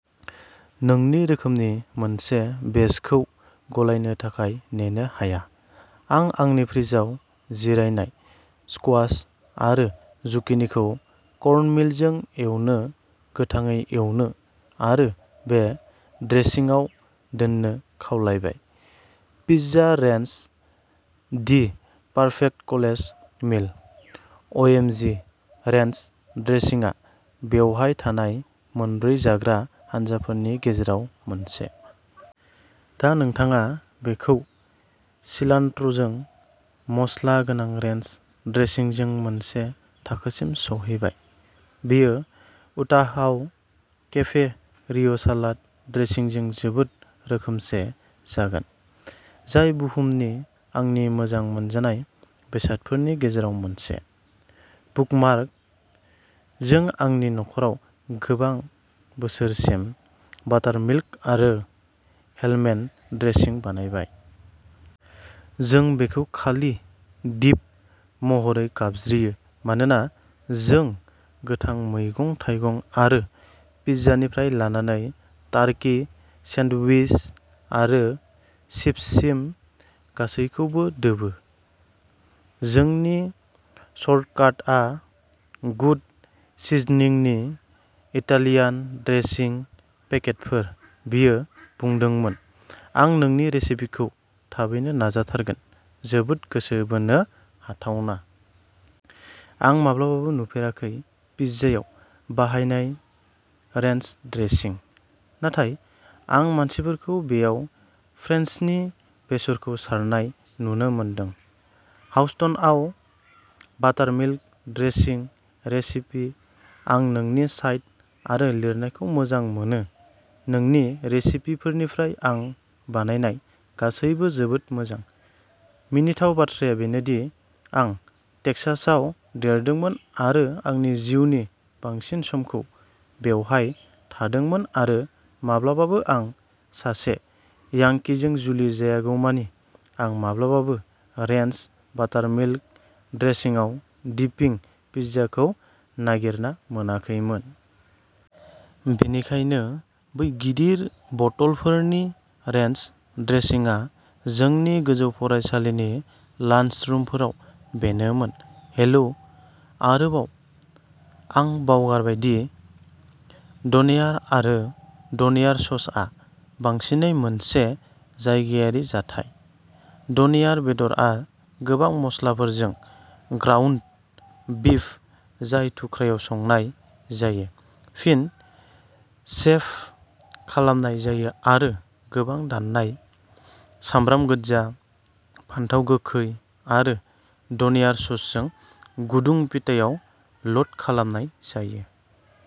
नोंनि रोखोमनि मोनसे बेचखौ गलायनो थाखाय नेनो हाया। आं आंनि फ्रिजआव जिरायनाय स्कुवाश आरो जुकिनिखौ कर्नमीलजों एवनो, गोथाङै एवनो आरो बे ड्रेसिंआव दोन्नो खावलायबाय! Pizza ranch the perfect college meal! अएमजि। Ranch ड्रेसिंआ बेवहाय थानाय मोनब्रै जाग्रा हानजाफोरनि गेजेराव मोनसे। दा नोंथाङा बेखौ सिलान्ट्र'जों मस्ला गोनां रेन्च ड्रेसिंजों मोनसे थाखोसिम सौहैबाय। बेयो उटाहआव केफे रिय'सालाद ड्रेसिंजों जोबोद रोखोमसे जागोन, जाय बुहुमनि आंनि मोजां मोनजानाय बेसादफोरनि गेजेराव मोनसे। बुकमार्क! जों आंनि नख'राव गोबां बोसोरसिम बाटारमिल्क आरो हेलमेन ड्रेसिं बानायबाय। जों बेखौ खालि "डिप" महरै गाबज्रियो मानोना जों मैगं-थाइगं आरो पिज्जानिफ्राय लानानै टार्कि सेन्डविच आरो चिप्ससिम गासैबोखौ दोबो। जोंनि शर्टकाटआ गुड सिजनिंनि इटालियान ड्रेसिं पेकेटफोर। बियो बुंदोंमोन, आं नोंनि रेसिपिखौ थाबैनो नाजाथारगोन! जोबोद गोसो बोनो हाथावना! आं माब्लाबाबो नुफेराखै। पिज्जायाव बाहायजानाय रेन्च ड्रेसिं, नाथाय आं मानसिफोरखौ बेयाव फ्रेन्सनि बेसरखौ सारनाय नुनो मोनदों-हाउस्टनआव! Buttermilk dressing recipe. आं नोंनि साइट आरो लिरनायखौ मोजां मोनो-नोंनि रेसिपिफोरनिफ्राय आं बानायनाय गासैबो जोबोद मोजां! मिनिथाव बाथ्राया बेनो दि आं टेक्सासआव देरदोंमोन आरो आंनि जिउनि बांसिन समखौ बेवहाय थादोंमोन आरो माब्लाबाबो आं सासे यांकीजों जुलि जायागौमानि आं माब्लाबाबो रेन्च/बाटारमिल्क ड्रेसिंआव डिपिं पिज्जाखौ नागिरना मोनाखैमोन। बेनिखायनो बै गिदिर बथलफोरनि रेन्च ड्रेसिंआ जोंनि गोजौ फरायसालिनि लान्सरुमफोराव बेनोमोन! हेलो आरोबाव ~ आं बावगारबाय दि डनेयार आरो डनेयार ससआ बांसिनै मोनसे जायगायारि जाथाय। डनेयार बेदरआ गोबां मस्लाफोरजों ग्राउन्ड बीफ जाय थुख्रायाव संनाय जायो, फिन शेभ खालामनाय जायो आरो गोबां दाननाय सामब्राम गोजा, फानथाव गोखै आरो डनेयार ससजों गुदुं पिटायाव ल'ड खालामनाय जायो।